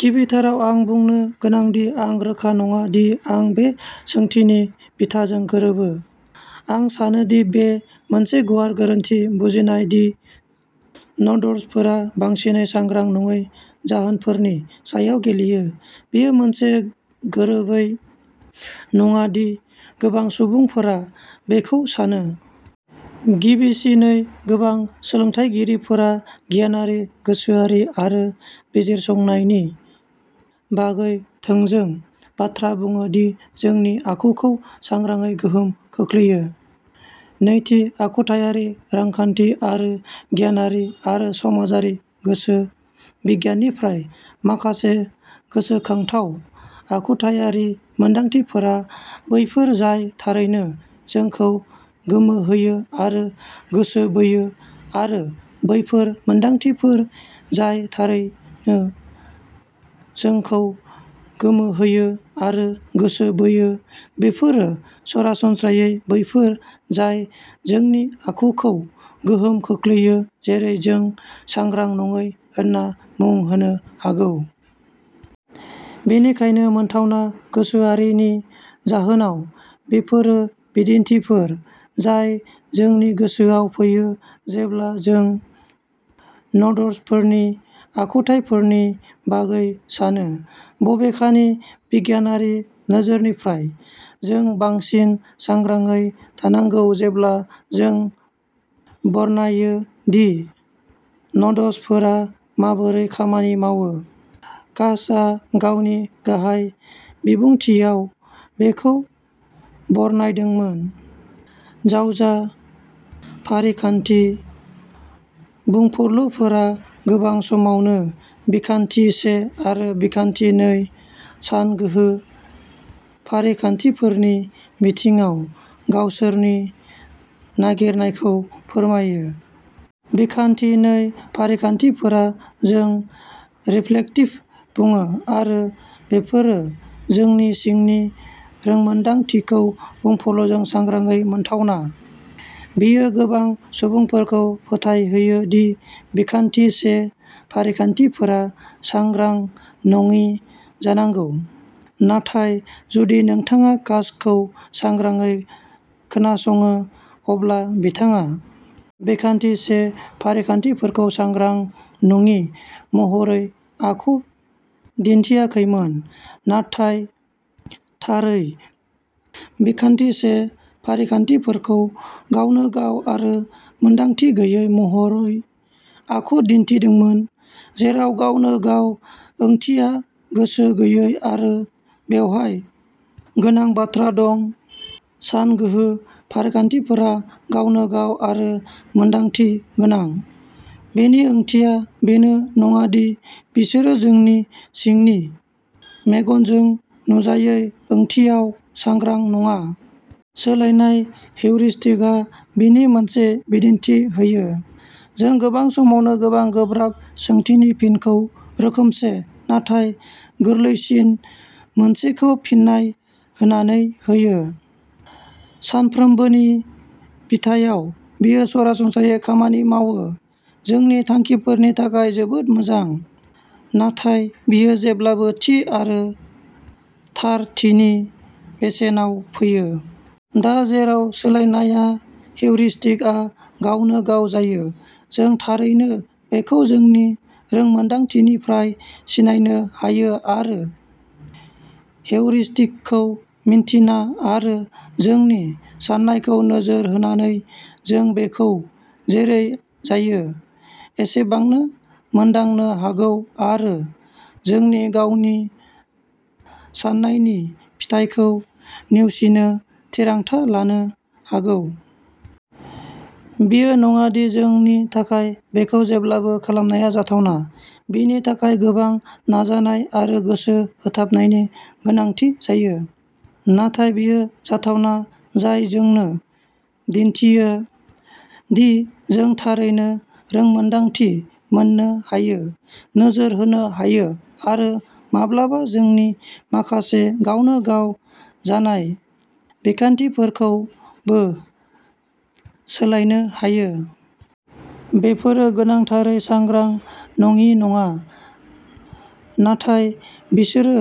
गिबिथाराव, आं बुंनो गोनां दि आं रोखा नङा दि आं बे सोंथिनि बिथाजों गोरोबो। आं सानो दि बेयो मोनसे गुवार गोरोन्थि बुजिनाय दि नड्जफोरा बांसिनै सांग्रां नङै जाहोनफोरनि सायाव गेलेयो। बेयो मोनसे गोरोबै नङा दि गोबां सुबुंफोरा बेखौ सानो। गिबिसिनै, गोबां सोलोंथायगिरिफोरा गियानारि गोसोआरि आरो बिजिरसंनायनि बागै थोंजों बाथ्रा बुङो दि जोंनि आखुखौ सांग्रांयै गोहोम खोख्लैयो। नैथि, आखुथायारि रांखान्थि आरो गियानारि आरो समाजारि गोसो बिगियाननिफ्राय माखासे गोसोखांथाव आखुथायारि मोनदांथिफोरा बैफोर जाय थारैनो जोंखौ गोमोहोयो आरो गोसोबोयो आरो बैफोर मोनदांथिफोर जाय थारैनो जोंखौ गोमोहोयो आरो गोसोबोयो बेफोरो सरासनस्रायै बैफोर जाय जोंनि आखुखौ गोहोम खोख्लैयो जेरै जों सांग्रां नङै होनना मुं होनो हागौ। बेनिखायनो, मोनथावना गोसोआरिनि जाहोनाव, बेफोरो बिदिन्थिफोर जाय जोंनि गोसोआव फैयो जेब्ला जों नड्जफोरनि आखुथायफोरनि बागै सानो। बबेखानि, बिगियानारि नोजोरनिफ्राय जों बांसिन सांग्राङै थानांगौ जेब्ला जों बरनायो दि नड्जफोरा माबोरै खामानि मावो। कासआ गावनि गाहाय बिबुंथिआव बेखौ बरनायदोंमोन, जावजा फारिखान्थि बुंफुरलुफोरा गोबां समावनो बिखान्थि से आरो बिखान्थि नै सानगोहो फारिखान्थिफोरनि बिथिङाव गावसोरनि नागिरनायखौ फोरमायो। बिखान्थि नै फारिखान्थिफोरा जों रिफ्लेक्टिभ बुङो आरो बेफोरो जोंनि सिंनि रोंमोन्दांथिखौ बुंफुरलुजों सांग्रांयै मोनथावना। बेयो गोबां सुबुंफोरखौ फोथायहोयो दि बिखान्थि से फारिखान्थिफोरा सांग्रां नङि जानांगौ। नाथाय जुदि नोंथाङा कासखौ सांग्राङै खोनासङो अब्ला बिथाङा बिखान्थि से फारिखान्थिफोरखौ सांग्रां नङि महरै आखु दिन्थियाखैमोन, नाथाय थारै बिखान्थि से फारिखान्थिफोरखौ गावनो गाव आरो मोनदांथि गैयै महरै आखु दिन्थिदोंमोन, जेराव गावनो गाव ओंथिया गोसो गैयै आरो बेवहाय गोनां बाथ्रा दं सानगोहो फारिखान्थिफोरा गावनो गाव आरो मोनदांथि गोनां, बेनि ओंथिया बेनो नङा दि बिसोरो जोंनि सिंनि मेगनजों नुजायै ओंथियाव सांग्रां नङा। सोलायनाय हेउरिस्टिकआ बेनि मोनसे बिदिन्थि होयो। जों गोबां समावनो मोनसे गोब्राब सोंथिनि फिनखौ रोखोमसे, नाथाय गोरलैसिन मोनसेखौ फिन्नाय होनानै होयो। सानफ्रोमबोनि बिथायाव बेयो सरासनस्रायै खामानि मावो। जोंनि थांखिफोरनि थाखाय जोबोद मोजां, नाथाय बेयो जेब्लाबो थि आरो थारथिनि बेसेनाव फैयो। दा, जेराव सोलायनाया हेउरिस्टिकआ गावनो गाव जायो, जों थारैनो बेखौ जोंनि रोंमोन्दांथिनिफ्राय सिनायनो हायो आरो हेउरिस्टिकखौ मिन्थिना आरो जोंनि साननायखौ नोजोर होनानै जों बेखौ जेरै जायो एसेबांनो मोनदांनो हागौ आरो जोंनि गावनि साननायनि फिथायखौ नेवसिनो थिरांथा लानो हागौ। बेयो नङा दि जोंनि थाखाय बेखौ जेब्लाबो खालामनाया जाथावना। बेनि थाखाय गोबां नाजानाय आरो गोसो होथाबनायनि गोनांथि जायो। नाथाय बेयो जाथावना, जाय जोंनो दिन्थियो, दि जों थारैनो रोंमोन्दांथि मोननो हायो, नोजोर होनो हायो आरो माब्लाबा जोंनि माखासे गावनो गाव जानाय बिखान्थिफोरखौ बो सोलायनो हायो। बेफोरो गोनांथारै सांग्रां नङि नङा, नाथाय बिसोरो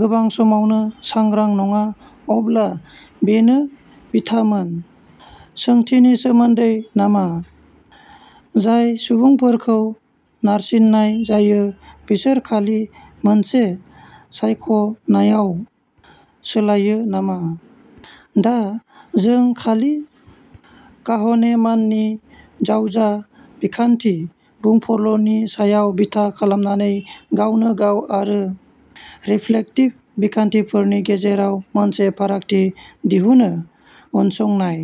गोबां समावनो सांग्रां नङा। अब्ला बेनो बिथामोन। सोंथिनि सोमोन्दै मा? जाय सुबुंफोरखौ नारसिन्नाय जायो बिसोर खालि मोनसे सायख'नायाव सोलायो नामा? दा, जों खालि काहनेमाननि जावजा बिखान्थि बुंफुरलुनि सायाव बिथा खालामनानै गावनो गाव आरो रिफ्लेक्टिभ बिखान्थिफोरनि गेजेराव मोनसे फारागथि दिहुनो। उनसंनाय।